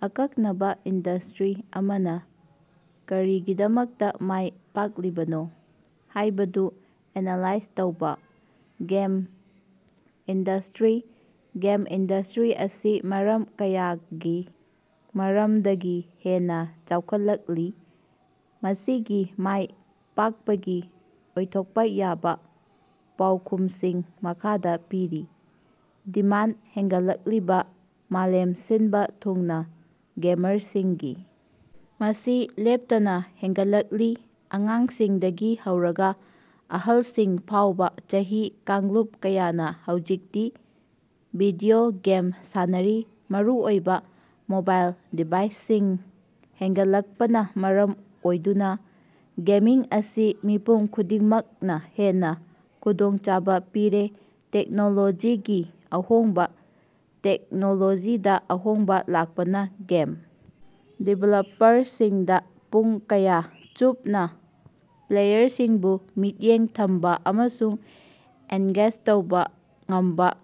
ꯑꯀꯛꯅꯕ ꯏꯟꯗꯁꯇꯔꯤ ꯑꯃꯅ ꯀꯔꯤꯒꯤꯗꯃꯛꯇ ꯃꯥꯏ ꯄꯥꯛꯂꯤꯕꯅꯣ ꯍꯥꯏꯕꯗꯨ ꯑꯦꯅꯥꯂꯥꯏꯖ ꯇꯧꯕꯥ꯫ Game industry. ꯒꯦꯝ ꯏꯟꯗꯁꯇꯔꯤ ꯑꯁꯤ ꯃꯔꯝ ꯀꯌꯥꯒꯤ ꯃꯔꯝꯗꯒꯤ ꯍꯦꯟꯅꯥ ꯆꯥꯎꯈꯠꯂꯛꯂꯤ꯫ ꯃꯁꯤꯒꯤ ꯃꯥꯏ ꯄꯥꯛꯄꯒꯤ ꯑꯣꯏꯊꯣꯛꯄ ꯌꯥꯕꯥ ꯄꯥꯎꯈꯨꯝꯁꯤꯡ ꯃꯈꯥꯗ ꯄꯤꯔꯤ: ꯗꯤꯃꯥꯟꯗ ꯍꯦꯡꯒꯠꯂꯛꯂꯤꯕ: ꯃꯥꯂꯦꯝ ꯁꯤꯟꯕ ꯊꯨꯡꯅ ꯒꯦꯃꯔꯁꯤꯡꯒꯤ ꯃꯁꯤꯡ ꯂꯦꯞꯇꯅꯥ ꯍꯦꯡꯒꯠꯂꯛꯂꯤ꯫ ꯑꯉꯥꯡꯁꯤꯡꯗꯒꯤ ꯍꯧꯔꯒꯥ ꯑꯍꯜꯁꯤꯡ ꯐꯥꯎꯕꯥ, ꯆꯍꯤ ꯀꯥꯡꯂꯨꯞ ꯀꯌꯥꯅꯥ ꯍꯧꯖꯤꯛꯇꯤ ꯚꯤꯗꯤꯑꯣ ꯒꯦꯝ ꯁꯥꯟꯅꯔꯤ, ꯃꯔꯨꯑꯣꯏꯅꯥ ꯃꯣꯕꯥꯏꯜ ꯗꯤꯚꯥꯏꯁꯁꯤꯡ ꯍꯦꯡꯒꯠꯂꯛꯄꯅꯥ ꯃꯔꯝ ꯑꯣꯏꯗꯨꯅꯥ ꯒꯦꯃꯤꯡ ꯑꯁꯤ ꯃꯤꯄꯨꯝ ꯈꯨꯗꯤꯡꯃꯛꯅꯥ ꯍꯦꯟꯅꯥ ꯈꯨꯗꯣꯡꯆꯥꯕꯥ ꯄꯤꯔꯦ꯫ ꯇꯦꯛꯅꯣꯂꯣꯖꯤꯒꯤ ꯑꯍꯣꯡꯕꯥ: ꯇꯦꯛꯅꯣꯂꯣꯖꯤꯗꯥ ꯑꯍꯣꯡꯕꯥ ꯂꯥꯛꯄꯅ ꯒꯦꯝ ꯗꯤꯕꯦꯂꯄꯔꯁꯤꯡꯗꯥ ꯄꯨꯡ ꯀꯌꯥ ꯆꯨꯞꯅ ꯄ꯭ꯂꯦꯌꯔꯁꯤꯡꯕꯨ ꯃꯤꯠꯌꯦꯡ ꯊꯝꯕꯥ ꯑꯃꯁꯨꯡ ꯑꯦꯡꯒꯦꯖ ꯇꯧꯕꯥ ꯉꯝꯕꯥ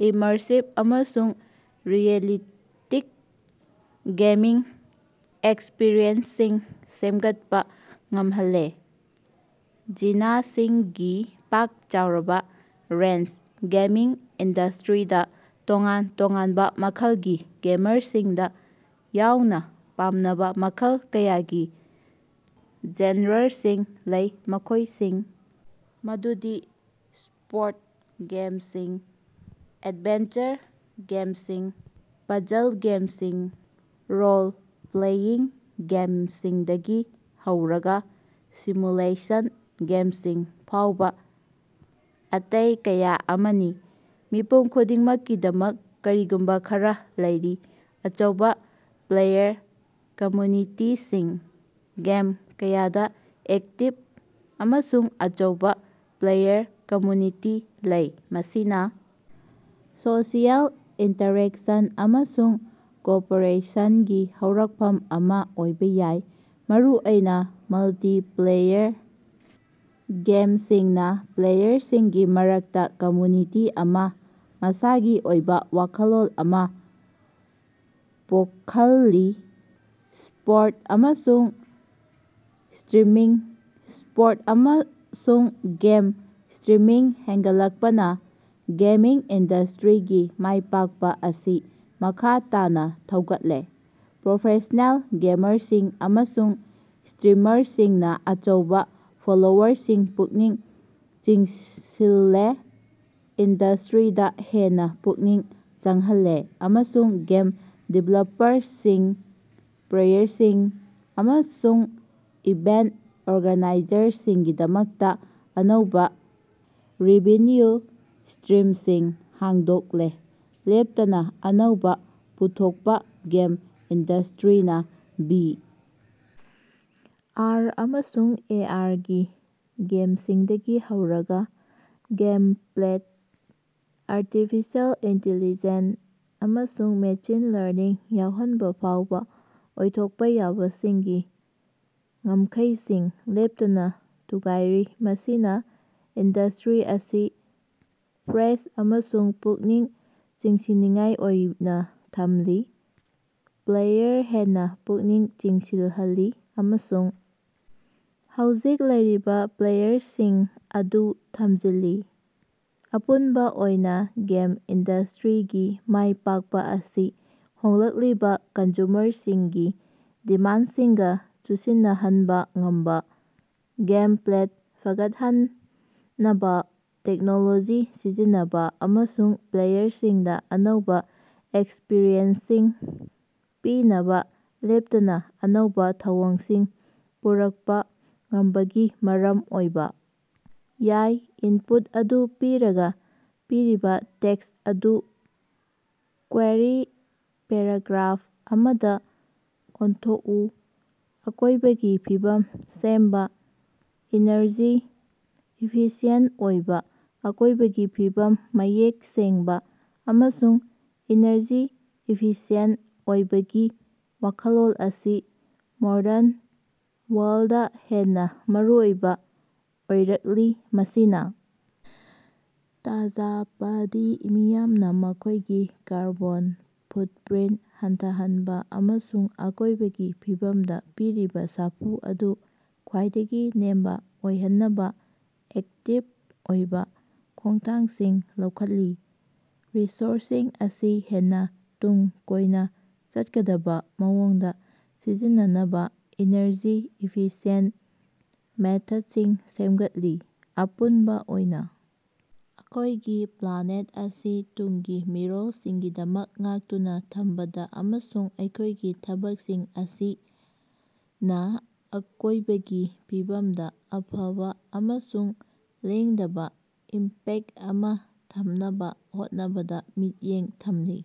ꯏꯃꯔꯁꯤꯞ ꯑꯃꯁꯨꯡ ꯔꯤꯑꯦꯂꯤꯁꯇꯤꯛ ꯒꯦꯃꯤꯡ ꯑꯦꯛꯁꯄꯔꯤꯌꯦꯟꯁꯁꯤꯡ ꯁꯦꯃꯒꯠꯄ ꯉꯝꯍꯜꯂꯦ꯫ ꯖꯤꯅꯁꯤꯡꯒꯤ ꯄꯥꯛ-ꯆꯥꯎꯔꯕꯥ ꯔꯦꯟꯖ: ꯒꯦꯃꯤꯡ ꯏꯟꯗꯁꯇꯔꯤꯗꯥ ꯇꯣꯉꯥꯟ-ꯇꯣꯉꯥꯟꯕ ꯃꯈꯜꯒꯤ ꯒꯦꯃꯔꯁꯤꯡꯗ ꯌꯥꯎꯅ ꯄꯥꯝꯅꯕ ꯃꯈꯜ ꯀꯌꯥꯒꯤ ꯖꯦꯟꯔꯁꯤꯡ ꯂꯩ, ꯃꯈꯣꯏꯁꯤꯡ ꯑꯗꯨꯗꯤ ꯁ꯭ꯄꯣꯔꯠꯁ ꯒꯦꯝꯁꯤꯡ, ꯑꯦꯗꯚꯦꯟꯆꯔ ꯒꯦꯝꯁꯤꯡ, ꯄꯥꯖꯜ ꯒꯦꯝꯁꯤꯡ, ꯔꯣꯜ-ꯄ꯭ꯂꯦꯌꯤꯡ ꯒꯦꯝꯁꯤꯡꯗꯒꯤ ꯍꯧꯔꯒꯥ ꯁꯤꯃꯨꯂꯦꯁꯟ ꯒꯦꯝꯁꯤꯡ ꯐꯥꯎꯕꯥ, ꯑꯇꯩ ꯀꯌꯥ ꯑꯃꯅꯤ꯫ ꯃꯤꯄꯨꯝ ꯈꯨꯗꯤꯡꯃꯛꯀꯤꯗꯃꯛ ꯀꯔꯤꯒꯨꯝꯕꯥ ꯈꯔꯥ ꯂꯩꯔꯤ꯫ ꯑꯆꯧꯕꯥ ꯄ꯭ꯂꯦꯌꯔ ꯀꯝꯃ꯭ꯌꯨꯅꯤꯇꯤꯁꯤꯡ: ꯒꯦꯝ ꯀꯌꯥꯗꯥ ꯑꯦꯛꯇꯤꯚ ꯑꯃꯁꯨꯡ ꯑꯆꯧꯕꯥ ꯄ꯭ꯂꯦꯌꯔ ꯀꯝꯃ꯭ꯌꯨꯅꯤꯇꯤ ꯂꯩ, ꯃꯁꯤꯅꯥ ꯁꯣꯁꯤꯑꯦꯜ ꯏꯟꯇꯔꯦꯛꯁꯟ ꯑꯃꯁꯨꯡ ꯀꯣꯑꯣꯄꯔꯦꯁꯟꯒꯤ ꯍꯧꯔꯛꯐꯝ ꯑꯃ ꯑꯣꯏꯕ ꯌꯥꯏ꯫ ꯃꯔꯨꯑꯣꯏꯅ ꯃꯜꯇꯤꯞꯂꯦꯌꯔ ꯒꯦꯝꯁꯤꯡꯅ ꯄ꯭ꯂꯦꯌꯔꯁꯤꯡꯒꯤ ꯃꯔꯛꯇꯥ ꯀꯝꯌꯨꯅꯤꯇꯤ ꯑꯃꯁꯨꯡ ꯃꯁꯥꯒꯤ ꯑꯣꯏꯕ ꯋꯥꯈꯜꯂꯣꯟ ꯑꯃ ꯄꯣꯈꯜꯂꯤ꯫ ꯏꯁ꯭ꯄꯣꯔꯠꯁ ꯑꯃꯁꯨꯡ ꯁ꯭ꯠꯔꯤꯃꯤꯡ: ꯏꯁ꯭ꯄꯣꯔꯠꯁ ꯑꯃꯁꯨꯡ ꯒꯦꯝ ꯁ꯭ꯇꯔꯤꯃꯤꯡ ꯍꯦꯡꯒꯠꯂꯛꯄꯅꯥ ꯒꯦꯃꯤꯡ ꯏꯟꯗꯁꯇꯔꯤꯒꯤ ꯃꯥꯏꯄꯥꯛꯄ ꯑꯁꯤ ꯃꯈꯥ ꯇꯥꯅ ꯊꯧꯒꯠꯂꯦ꯫ ꯄ꯭ꯔꯣꯐꯦꯁ꯭ꯅꯦꯜ ꯒꯦꯃꯔꯁꯤꯡ ꯑꯃꯁꯨꯡ ꯁꯇꯔꯤꯃꯔꯁꯤꯡꯅ ꯑꯆꯧꯕ ꯐꯣꯂꯣꯋꯔꯁꯤꯡ ꯄꯨꯛꯅꯤꯡ ꯆꯤꯡꯁꯤꯜꯂꯦ, ꯏꯟꯗꯁꯇꯔꯤꯗ ꯍꯦꯟꯅ ꯄꯨꯛꯅꯤꯡ ꯆꯪꯍꯜꯂꯦ ꯑꯃꯁꯨꯡ ꯒꯦꯝ ꯗꯤꯕꯦꯂꯄꯔꯁꯤꯡ, ꯄ꯭ꯂꯦꯌꯔꯁꯤꯡ ꯑꯃꯁꯨꯡ ꯏꯚꯦꯟꯠ ꯑꯣꯔꯒꯅꯥꯏꯖꯔꯁꯤꯡꯒꯤꯗꯃꯛꯇ ꯑꯅꯧꯕ ꯔꯦꯚꯤꯟꯌꯨ ꯁ꯭ꯇꯔꯤꯝꯁꯤꯡ ꯍꯥꯡꯗꯣꯛꯂꯦ꯫ ꯂꯦꯞꯇꯅꯥ ꯑꯅꯧꯕꯥ ꯄꯨꯊꯣꯛꯄꯥ: ꯒꯦꯝ ꯏꯟꯗꯁꯇꯔꯤꯅꯥ ꯚꯤ. ꯑꯥꯔ. ꯑꯃꯁꯨꯡ ꯑꯦ. ꯑꯥꯔ. ꯒꯤ ꯒꯦꯝꯁꯤꯡꯗꯒꯤ ꯍꯧꯔꯒꯥ ꯒꯦꯃꯞꯂꯦꯗꯥ ꯑꯥꯔꯇꯤꯐꯤꯁꯤꯑꯦꯜ ꯏꯟꯇꯦꯂꯤꯖꯦꯟꯁ ꯑꯃꯁꯨꯡ ꯃꯦꯁꯤꯟ ꯂꯔꯅꯤꯡ ꯌꯥꯎꯍꯟꯕꯐꯥꯎꯕꯥ ꯑꯣꯏꯊꯣꯛꯄ ꯌꯥꯕꯁꯤꯡꯒꯤ ꯉꯝꯈꯩꯁꯤꯡ ꯂꯦꯞꯇꯅ ꯊꯨꯒꯥꯏꯔꯤ꯫ ꯃꯁꯤꯅꯥ ꯏꯟꯗꯁꯇꯔꯤ ꯑꯁꯤ ꯐ꯭ꯔꯦꯁ ꯑꯃꯁꯨꯡ ꯄꯨꯛꯅꯤꯡ ꯆꯤꯡꯁꯤꯟꯅꯤꯡꯉꯥꯏ ꯑꯣꯏꯅꯥ ꯊꯝꯂꯤ, ꯄ꯭ꯂꯦꯌꯔ ꯍꯦꯟꯅꯥ ꯄꯨꯛꯅꯤꯡ ꯆꯤꯡꯁꯤꯜꯍꯜꯂꯤ, ꯑꯃꯁꯨꯡ ꯍꯧꯖꯤꯛ ꯂꯩꯔꯤꯕ ꯄ꯭ꯂꯦꯌꯔꯁꯤꯡ ꯑꯗꯨ ꯊꯝꯖꯤꯜꯂꯤ꯫ ꯑꯄꯨꯟꯕ ꯑꯣꯏꯅ ꯒꯦꯝ ꯏꯟꯗꯁꯇꯔꯤꯒꯤ ꯃꯥꯏ ꯄꯥꯛꯄ ꯑꯁꯤ ꯍꯣꯡꯂꯛꯂꯤꯕ ꯀꯟꯖꯨꯃꯔꯁꯤꯡꯒꯤ ꯗꯤꯃꯥꯟꯗꯁꯤꯡꯒ ꯆꯨꯁꯤꯟꯅꯍꯟꯕ ꯉꯝꯕ, ꯒꯦꯝꯄ꯭ꯂꯦ ꯐꯒꯠꯍꯟꯅꯕ ꯇꯦꯛꯅꯣꯂꯣꯖꯤ ꯁꯤꯖꯤꯟꯅꯕ, ꯑꯃꯁꯨꯡ ꯄ꯭ꯂꯦꯌꯔꯁꯤꯡꯗꯥ ꯑꯅꯧꯕ ꯑꯦꯛꯁꯄꯔꯤꯌꯦꯟꯁꯁꯤꯡ ꯄꯤꯅꯕ ꯂꯦꯞꯇꯅ ꯑꯅꯧꯕ ꯊꯧꯑꯣꯡꯁꯤꯡ ꯄꯨꯔꯛꯄ ꯉꯝꯕꯒꯤ ꯃꯔꯝ ꯑꯣꯏꯕꯥ ꯌꯥꯏ꯫ ꯏꯅꯄꯨꯠ ꯑꯗꯨ ꯄꯤꯔꯒ, ꯄꯤꯔꯤꯕ ꯇꯦꯛꯁ ꯑꯗꯨ ꯀ꯭ꯋꯦꯔꯤ ꯄꯦꯔꯥꯒ꯭ꯔꯥꯐ ꯑꯃꯗ ꯑꯣꯟꯊꯣꯛꯎ꯫ ꯑꯀꯣꯏꯕꯒꯤ ꯐꯤꯕꯝ ꯁꯦꯡꯕ, ꯏꯅꯔꯖꯤ ꯏꯐꯤꯁꯤꯌꯦꯟꯠ ꯑꯣꯏꯕ꯫ ꯑꯀꯣꯏꯕꯒꯤ ꯐꯤꯕꯝ ꯃꯌꯦꯛ ꯁꯦꯡꯕ ꯑꯃꯁꯨꯡ ꯏꯅꯔꯖꯤ ꯏꯐꯤꯁꯤꯌꯦꯟꯠ ꯑꯣꯏꯕꯒꯤ ꯋꯥꯈꯜꯂꯣꯟ ꯑꯁꯤ ꯃꯣꯗꯔꯟ ꯋꯥꯔꯜꯗꯇ ꯍꯦꯟꯅ ꯃꯔꯨꯑꯣꯏꯕ ꯑꯣꯏꯔꯛꯂꯤ꯫ ꯃꯁꯤꯅ ꯇꯥꯖꯄꯗꯤ ꯃꯤꯌꯥꯝꯅꯥ ꯃꯈꯣꯏꯒꯤ ꯀꯥꯔꯕꯣꯟ ꯐꯨꯠꯄ꯭ꯔꯤꯟꯠ ꯍꯟꯊꯍꯟꯅꯕ ꯑꯃꯁꯨꯡ ꯑꯀꯣꯏꯕꯒꯤ ꯐꯤꯕꯝꯗ ꯄꯤꯔꯤꯕꯥ ꯁꯥꯐꯨ ꯑꯗꯨ ꯈ꯭ꯋꯥꯏꯗꯒꯤ ꯅꯦꯝꯕ ꯑꯣꯏꯍꯟꯅꯕ ꯑꯦꯛꯇꯤꯚ ꯑꯣꯏꯕꯥ ꯈꯣꯡꯊꯥꯡꯁꯤꯡ ꯂꯧꯈꯠꯂꯤ꯫ ꯔꯤꯁꯣꯔꯁꯁꯤꯡ ꯑꯁꯤ ꯍꯦꯟꯅ ꯇꯨꯡ ꯀꯣꯏꯅꯥ ꯆꯠꯀꯗꯕ ꯃꯑꯣꯡꯗ ꯁꯤꯖꯤꯟꯅꯅꯕꯥ ꯏꯅꯔꯖꯤ ꯏꯐꯤꯁꯤꯌꯦꯟꯠ ꯃꯦꯊꯗꯁꯤꯡ ꯁꯦꯝꯒꯠꯂꯤ꯫ ꯑꯄꯨꯟꯕꯥ ꯑꯣꯏꯅꯥ ꯑꯩꯈꯣꯏꯒꯤ ꯄ꯭ꯂꯥꯅꯦꯠ ꯑꯁꯤ ꯇꯨꯡꯒꯤ ꯃꯤꯔꯣꯜꯁꯤꯡꯒꯤꯗꯃꯛ ꯉꯥꯛꯇꯨꯅꯥ ꯊꯝꯕꯗꯥ ꯑꯃꯁꯨꯡ ꯑꯩꯈꯣꯏꯒꯤ ꯊꯕꯛꯁꯤꯡ ꯑꯁꯤꯅ ꯑꯀꯣꯏꯕꯒꯤ ꯐꯤꯕꯝꯗꯥ ꯑꯐꯕ ꯑꯃꯁꯨꯡ ꯂꯦꯡꯗꯕꯥ ꯏꯝꯄꯦꯛꯇ ꯑꯃꯥ ꯊꯝꯅꯕꯥ ꯍꯣꯠꯅꯕꯗ ꯃꯤꯠꯌꯦꯡ ꯊꯝꯂꯤ꯫